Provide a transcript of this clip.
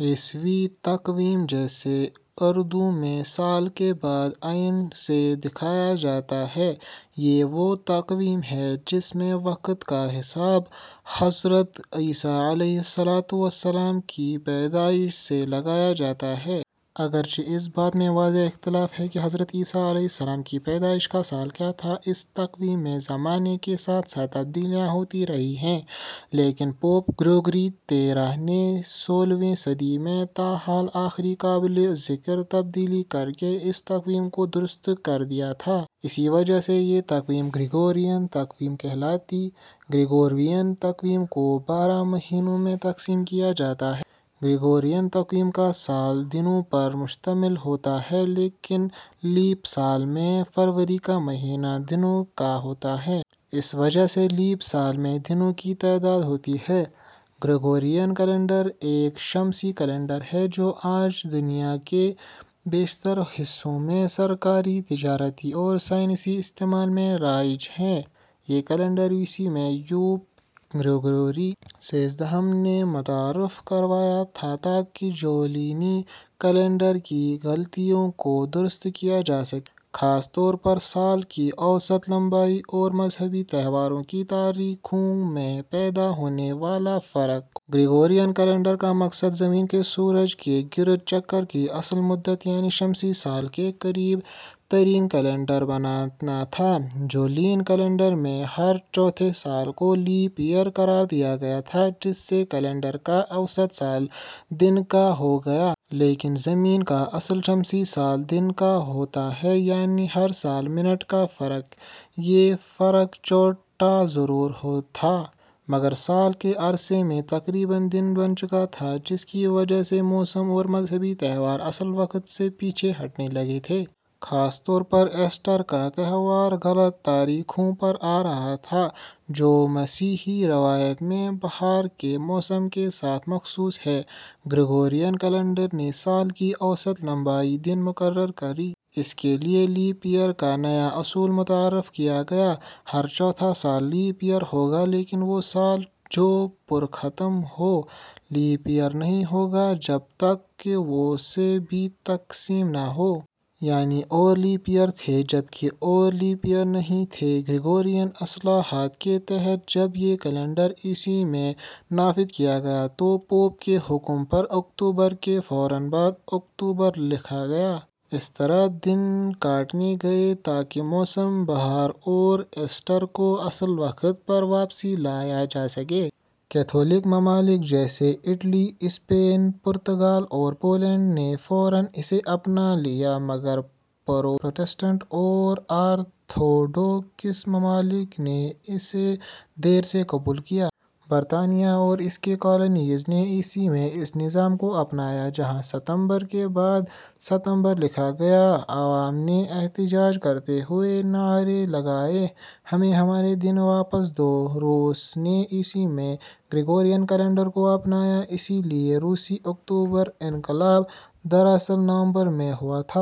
عیسوی تقویم جسے اردو میں سال کے بعد 'ء' سے دکھایا جاتا ہے ، یہ وہ تقویم ہے جس میں وقت کا حساب حضرت عیسیٰ علیهٔ السلام کی پیدائش سے لگایا جاتا ہے۔ اگر چہ اس بات میں واضح اختلاف ہے کہ حضرت عیسیٰ علیہ السلام کی پیدائش کا سال کیا تھا۔ اس تقویم میں زمانے کے ساتھ ساتھ تبدیلیاں ہوتی رہی ہیں لیکن پوپ گریگوری تیرہ نے سولہویں صدی میں تاحال آخری قابلِ ذکر تبدیلی کر کے اس تقویم کو درست کر دیا تھا۔ اسی وجہ سے یہ تقویم، گریگورین تقویم کہلاتی ہے۔ گریگورین تقویم کو بارہ مہینوں میں تقسیم کیا جاتا ہے۔ گریگورین تقویم کا سال دنوں پر مشتمل ہوتا ہے لیکن لیپ سال میں فروری کا مہینہ دنوں کا ہوتا ہے۔ اس وجہ سے لیپ سال میں دنوں کی تعداد ہوتی ہے۔ گریگورین کیلنڈر ایک شمسی کیلنڈر ہے جو آج دنیا کے بیشتر حصوں میں سرکاری، تجارتی اور سائنسی استعمال میں رائج ہے۔ یہ کیلنڈر ء میں پوپ گریگوری سیزدہم نے متعارف کروایا تھا تاکہ جولینی کیلنڈر کی غلطیوں کو درست کیا جا سکے، خاص طور پر سال کی اوسط لمبائی اور مذہبی تہواروں کی تاریخوں میں پیدا ہونے والے فرق کو۔ گریگورین کیلنڈر کا مقصد زمین کے سورج کے گرد چکر کی اصل مدت یعنی شمسی سال کے قریب ترین کیلنڈر بنانا تھا۔ جولین کیلنڈر میں ہر چوتھے سال کو لیپ ایئر قرار دیا گیا تھا، جس سے کیلنڈر کا اوسط سال دن کا ہو گیا۔ لیکن زمین کا اصل شمسی سال. دن کا ہوتا ہے، یعنی ہر سال منٹ کا فرق۔ یہ فرق چھوٹا ضرور تھا، مگر سال کے عرصے میں تقریباً دن بن چکا تھا، جس کی وجہ سے موسم اور مذہبی تہوار اصل وقت سے پیچھے ہٹنے لگے تھے۔ خاص طور پر ایسٹر کا تہوار غلط تاریخوں پر آ رہا تھا، جو مسیحی روایت میں بہار کے موسم کے ساتھ مخصوص ہے۔ گریگورین کیلنڈر نے سال کی اوسط لمبائی. دن مقرر کی۔ اس کے لیے لیپ ایئر کا نیا اصول متعارف کیا گیا: ہر چوتھا سال لیپ ایئر ہوگا۔ لیکن وہ سال جو پر ختم ہو، لیپ ایئر نہیں ہوگا، جب تک کہ وہ سے بھی تقسیم نہ ہو۔ یعنی اور لیپ ایئر تھے، جبکہ ، اور لیپ ایئر نہیں تھے۔ گریگورین اصلاحات کے تحت جب یہ کیلنڈر ء میں نافذ کیا گیا، تو پوپ کے حکم پر اکتوبر کے فوراً بعد اکتوبر لکھا گیا۔ اس طرح دن کاٹے گئے تاکہ موسمِ بہار اور ایسٹر کو اصل وقت پر واپس لایا جا سکے۔ کیتھولک ممالک جیسے اٹلی ، اسپین ، پرتگال اور پولینڈ نے فوراً اسے اپنا لیا، مگر پروٹسٹنٹ اور آرتھوڈوکس ممالک نے اسے دیر سے قبول کیا۔ برطانیہ اور اس کی کالونیز نے ء میں اس نظام کو اپنایا، جہاں ستمبر کے بعد ستمبر لکھا گیا۔ عوام نے احتجاج کرتے ہوئے نعرے لگائے: "ہمیں ہمارے دن واپس دو! "۔ روس نے ء میں گریگورین کیلنڈر کو اپنایا، اسی لیے روسی " اکتوبر انقلاب " دراصل نومبر میں ہوا تھا۔